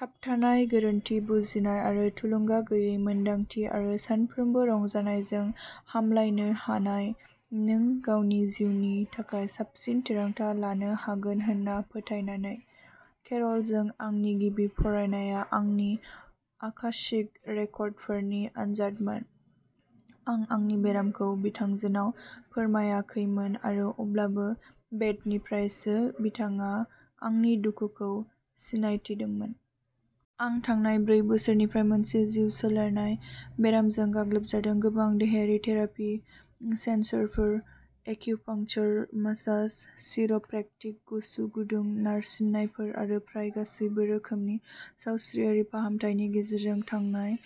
थाबथानाय, गोरोन्थि बुजिनाय आरो थुलुंगा गैयै मोन्दांथि आरो सानफ्रोमबो रंजानायजों हामलायनो हानाय, नों गावनि जिउनि थाखाय साबसिन थिरांथा लानो हागोन होन्ना फोथायनानै। केर'लजों आंनि गिबि फरायनाया आंनि आकाशिक रेकर्डफोरनि आनजादमोन। आं आंनि बेरामखौ बिथांजोनाव फोरमायाखैमोन आरो अब्लाबो बेटनिफ्रायसो बिथाङा आंनि दुखुखौ सिनायथिदोंमोन। आं थांनाय ब्रै बोसोरनिफ्राय मोनसे जिउ सोलायनाय बेरामजों गाग्लोबजादों, गोबां देहायारि थेरापि सेसनफोर, एक्युपंक्चर, मसाज, चिर'प्रेक्टिक, गुसु-गुदुं नारसिननायफोर आरो फ्राय गासैबो रोखोमनि सावस्रियारि फाहामथायनि गेजेरजों थांनाय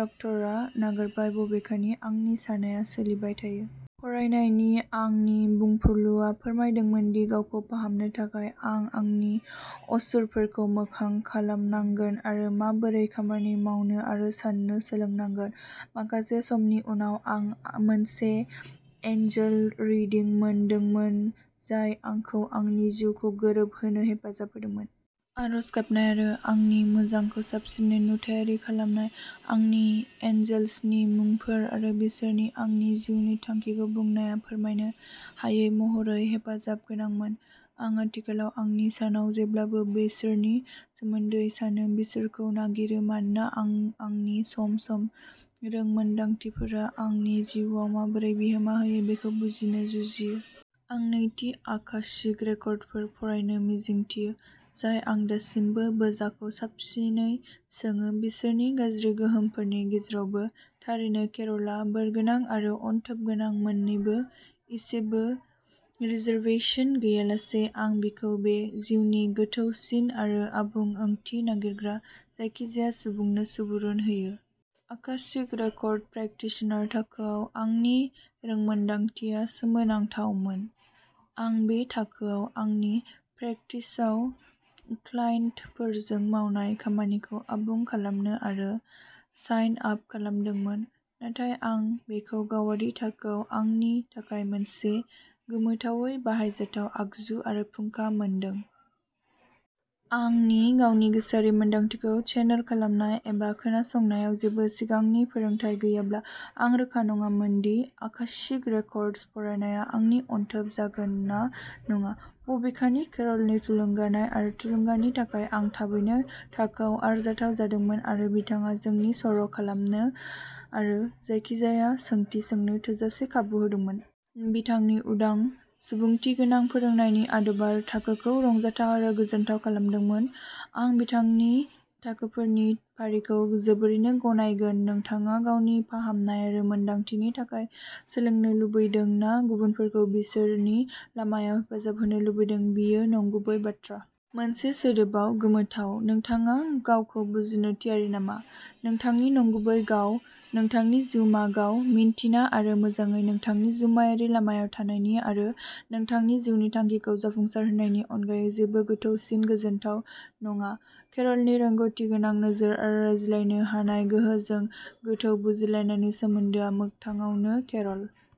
डाक्ट'रा नागारबाय, बबेखानि आंनि सानाया सोलिबाय थायो। फरायनायनि आंनि बुंफुरलुआ फोरमायदोंमोन दि गावखौ फाहामनो थाखाय आं आंनि असुरफोरखौ मोखां खालामनांगोन आरो माबोरै खामानि मावनो आरो साननो सोलोंनांगोन। माखासे समनि उनाव, आं मोनसे एंजल रिडिं मोनदोंमोन जाय आंखौ आंनि जिउखौ गोरोबहोनो हेफाजाब होदोंमोन। आरज गाबनाय आरो आंनि मोजांखौ साबसिनै नुथायारि खालामनाय। आंनि एन्जेल्सनि मुंफोर आरो बिसोरनि आंनि जिउनि थांखिखौ बुंनाया फोरमायनो हायै महरै हेफाजाबगोनांमोन। आं आथिखालाव आंनि सानाव जेब्लाबो बिसोरनि सोमोन्दै सानो, बिसोरखौ नागिरो, मानोना आं आंनि सम-सम रोंमोनदांथिफोरा आंनि जिउआव माबोरै बिहोमा होयो बेखौ बुजिनो जुजियो। आं नैथि आकाशिक रेकर्डफोर फरायनो मिजिंथियो, जाय आं दासिमबो बोजाखौ साबसिनै सोङो बिसोरनि गाज्रि गोहोमफोरनि गेजेरावबो। थारैनो केर'लआ बोरगोनां आरो अनथोबगोनां मोन्नैबो इसेबो रिजार्वेसन गैयालासे आं बिखौ बे जिउनि गोथौसिन आरो आबुं ओंथि नागिरग्रा जायखिजाया सुबुंनो सुबुरुन होयो। आकाशिक रेकर्ड प्रेकटिशनार थाखोआव आंनि रोंमोनदांथिया सोमोनांथावमोन। आं बे थाखोआव आंनि प्रेकटिसआव क्लाइन्टफोरजों मावनाय खामानिखौ आबुं खालामनो आरो साइन आप खालामदोंमोन, नाथाय आं बेखौ गावारि थाखोआव आंनि थाखाय मोनसे गोमोथावै बाहायजाथाव आगजु आरो फुंखा मोनदों। आंनि गावनि गोसोआरि मोनदांथिखौ चेनेल खालामनाय एबा खोनासंनायाव जेबो सिगांनि फोरोंथाय गैयाब्ला, आं रोखा नङामोन दि आकाशिक रेकर्डस फरायनाया आंनि "अनथोब" जागोन ना नङा। बबेखानि, केरलनि थुलुंगानाय आरो थुलुंगानि थाखाय आं थाबैनो थाखोयाव आरजाथाव जादोंमोन, आरो बिथाङा जोंनि सर'खालामनो आरो जायखिजाया सोंथि सोंनो थोजासे खाबु होदोंमोन। बिथांनि उदां सुबुंथिगोनां फोरोंनायनि आदबआ थाखोखौ रंजाथाव आरो गोजोनथाव खालामदोंमोन। आं बिथांनि थाखोफोरनि फारिखौ जोबोरैनो गनायगोन, नोंथाङा गावनि फाहामनाय आरो मोनदांथिनि थाखाय सोलोंनो लुबैदों ना गुबुनफोरखौ बिसोरनि लामायाव हेफाजाब होनो लुबैदों। बियो नंगुबै बाथ्रा। मोनसे सोदोबआव गोमोथाव। नोंथाङा गावखौ बुजिनो थियारि नामा नोंथांनि नंगुबै गाव नोंथांनि जिउमा गाव मिन्थिना आरो मोजांयै नोंथांनि जिउमायारि लामायाव थानायनि आरो नोंथांनि जिउनि थांखिखौ जाफुंसारहोनायनि अनगायै जेबो गोथौसिन गोजोनथाव नङा। केरलनि रोंग'थिगोनां नोजोर आरो रायज्लायनो हानाय गोहोजों, गोथौ बुजिलायनायनि सोमोन्दोआ मोगथाङावनो केर'ल।